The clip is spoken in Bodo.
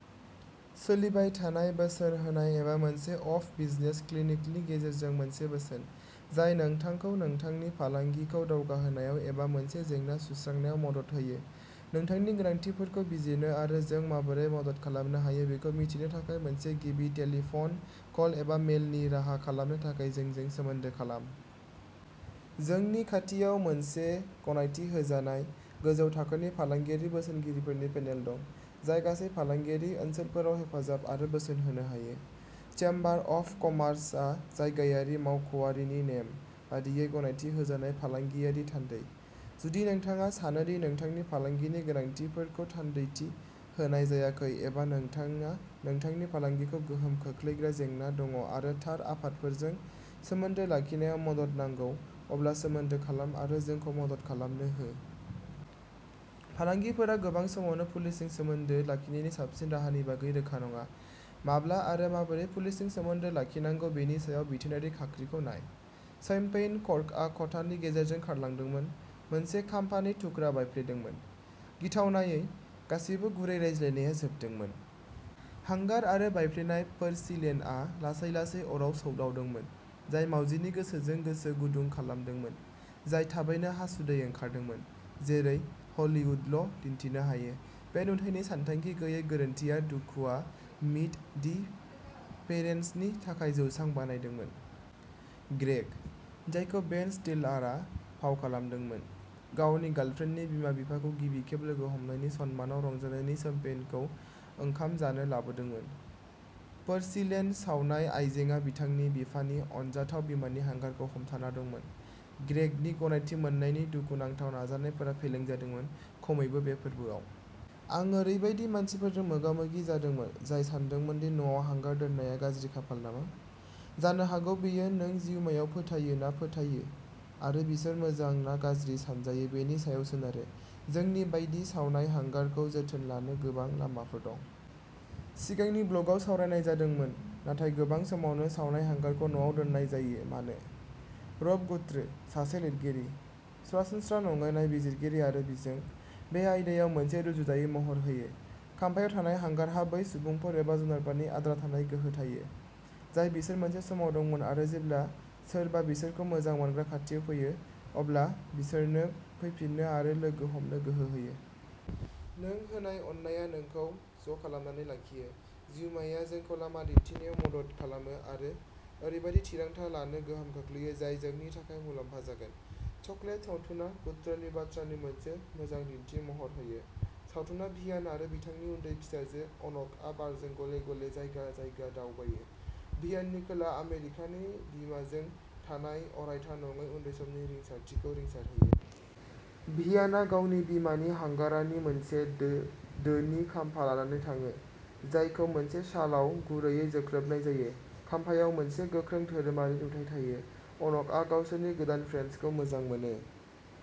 सोलिबाय थानाय बोसोन होनाय एबा मोनसे अफ बिजनेस क्लिनिकनि गेजेरजों मोनसे बोसोन, जाय नोंथांखौ नोंथांनि फालांगिखौ दावगाहोनायाव एबा मोनसे जेंना सुस्रांनायाव मदद होयो। नोंथांनि गोनांथिफोरखौ बिजिरनो आरो जों माबोरै मदद खालामनो हायो बेखौ मिथिनो थाखाय मोनसे गिबि टेलीफन कल एबा मेलनि राहा खालामनो थाखाय जोंजों सोमोन्दो खालाम। जोंनि खाथियाव मोनसे गनायथि होजानाय, गोजौ थाखोनि फालांगियारि बोसोनगिरिफोरनि पेनेल दं, जाय गासै फालांगियारि ओनसोलफोराव हेफाजाब आरो बोसोन होनो हायो। चेम्बार अफ कमार्सआ जायगायारि मावख'आरिनि नेम बायदियै गनायथि होजानाय फालांगियारि थान्दै। जुदि नोंथाङा सानो दि नोंथांनि फालांगिनि गोनांथिफोरखौ थान्दैथि होनाय जायाखै एबा नोंथाङा नोंथांनि फालांगिखौ गोहोम खोख्लैग्रा जेंना दङ' आरो थार आफादफोरजों सोमोन्दो लाखिनायाव मदद नांगौ, अब्ला सोमोन्दो खालाम आरो जोंखौ मदद खालामनो हो। फालांगिफोरा गोबां समावनो पुलिसजों सोमोन्दो लाखिनायनि साबसिन राहानि बागै रोखा नङा। 'माब्ला' आरो 'माबोरै' पुलिसजों सोमोन्दो लाखिनांगौ बेनि सायाव बिथोनारि खाख्रिखौ नाय। शैम्पेन कर्कआ खथानि गेजेरजों खारलांदोंमोन, मोनसे खामफानि थुख्रा बायफ्लेदोंमोन। गिथावनायै, गासैबो गुरै रायज्लायनाया जोबदोंमोन। हांगार आरो बायफ्लेनाय पोरसिलेनआ लासै लासै अराव सौदावदोंमोन, जाय मावजिनि गोसोजों गोसो गुदुं खालामदोंमोन, जाय थाबैनो हासुदै ओंखारदोंमोन। जेरै हलिउदल' दिन्थिनो हायो, बे नुथायनि सानथांखि गैयै गोरोन्थिनि दुखुआ मीट दि पेरेन्ट्सनि थाखाय जौसां बानायदोंमोन। ग्रेग, जायखौ बेन स्टिलारआ फाव खालामदोंमोन, गावनि गार्लफ्रेन्डनि बिमा-बिफाखौ गिबि खेब लोगो हमनायनि सन्मानाव रंजानायनि शैम्पेनखौ ओंखाम जानो लाबोदोंमोन। पोरसिलेन सावनाय आयजेंआ बिथांनि बिफानि अनजाथाव बिमानि हांगारखौ हमथाना दंमोन। ग्रेगनि गनायथि मोन्नायनि दुखुनांथाव नाजानायफोरा फेलें जादोंमोन खमैबो बे फोरबोआव। आं ओरैबायदि मानसिफोरजों मोगामोगि जादोंमोन, जाय सानदोंमोन दि न'आव हांगार दोननाया गाज्रि खाफाल नामा। जानो हागौ बेयो नों जिउमायाव फोथायो ना फोथायो, आरो बिसोर मोजां ना गाज्रि सानजायो बेनि सायाव सोनारो। जोंनि बायदि सावनाय हांगारखौ जोथोन लानो गोबां लामाफोर दं। सिगांनि ब्लगआव सावरायनाय जादोंमोन। नाथाय गोबां समावनो, सावनाय हांगारखौ न'आव दोननाय जायो। मानो? रब गुट्रो, सासे लिरगिरि, सरासनस्रा नङै नायबिजिरगिरि आरो बिजों, बे आयदायाव मोनसे रुजुजायै महर होयो। खामफायाव थानाय हांगारहा बै सुबुंफोर एबा जुनारफोरनि आद्रा थानाय गोहो थायो, जाय बिसोर मोनसे समाव दंमोन आरो जेब्ला सोरबा बिसोरखौ मोजां मोनग्रा खाथियाव फैयो, अब्ला बिसोरनो फैफिननो आरो लोगो हमनो गोहो होयो। नों होनाय अननाया नोंखौ ज' खालामनानै लाखियो। जिउमाया जोंखौ लामा दिन्थिनायाव मदद खालामो आरो ओरैबायदि थिरांथा लानो गोहोम खोख्लैयो, जाय जोंनि थाखाय मुलाम्फा जागोन। चक'लेट सावथुना गुट्रोनि बाथ्रानि मोनसे मोजां दिन्थिमहर होयो। सावथुना भियान आरो बिथांनि उन्दै फिसाजो अन'कआ बारजों गले-गले जायगा-जायगा दावबायो, भियाननि खोला आमेरिकानि बिमाजों थानाय अरायथा नङै उन्दै समनि रिंसारथिखौ रिंसारहोयो। भियानआ गावनि बिमानि हांगारानि मोनसे दो दोनि खामफा लानानै थाङो, जायखौ मोनसे शालाव गुरैयै जोख्लोबनाय जायो। खामफायाव मोनसे गोख्रों धोरोमारि नुथाइ थायो। अन'कआ गावसोरनि गोदान फ्रेन्सखौ मोजां मोनो।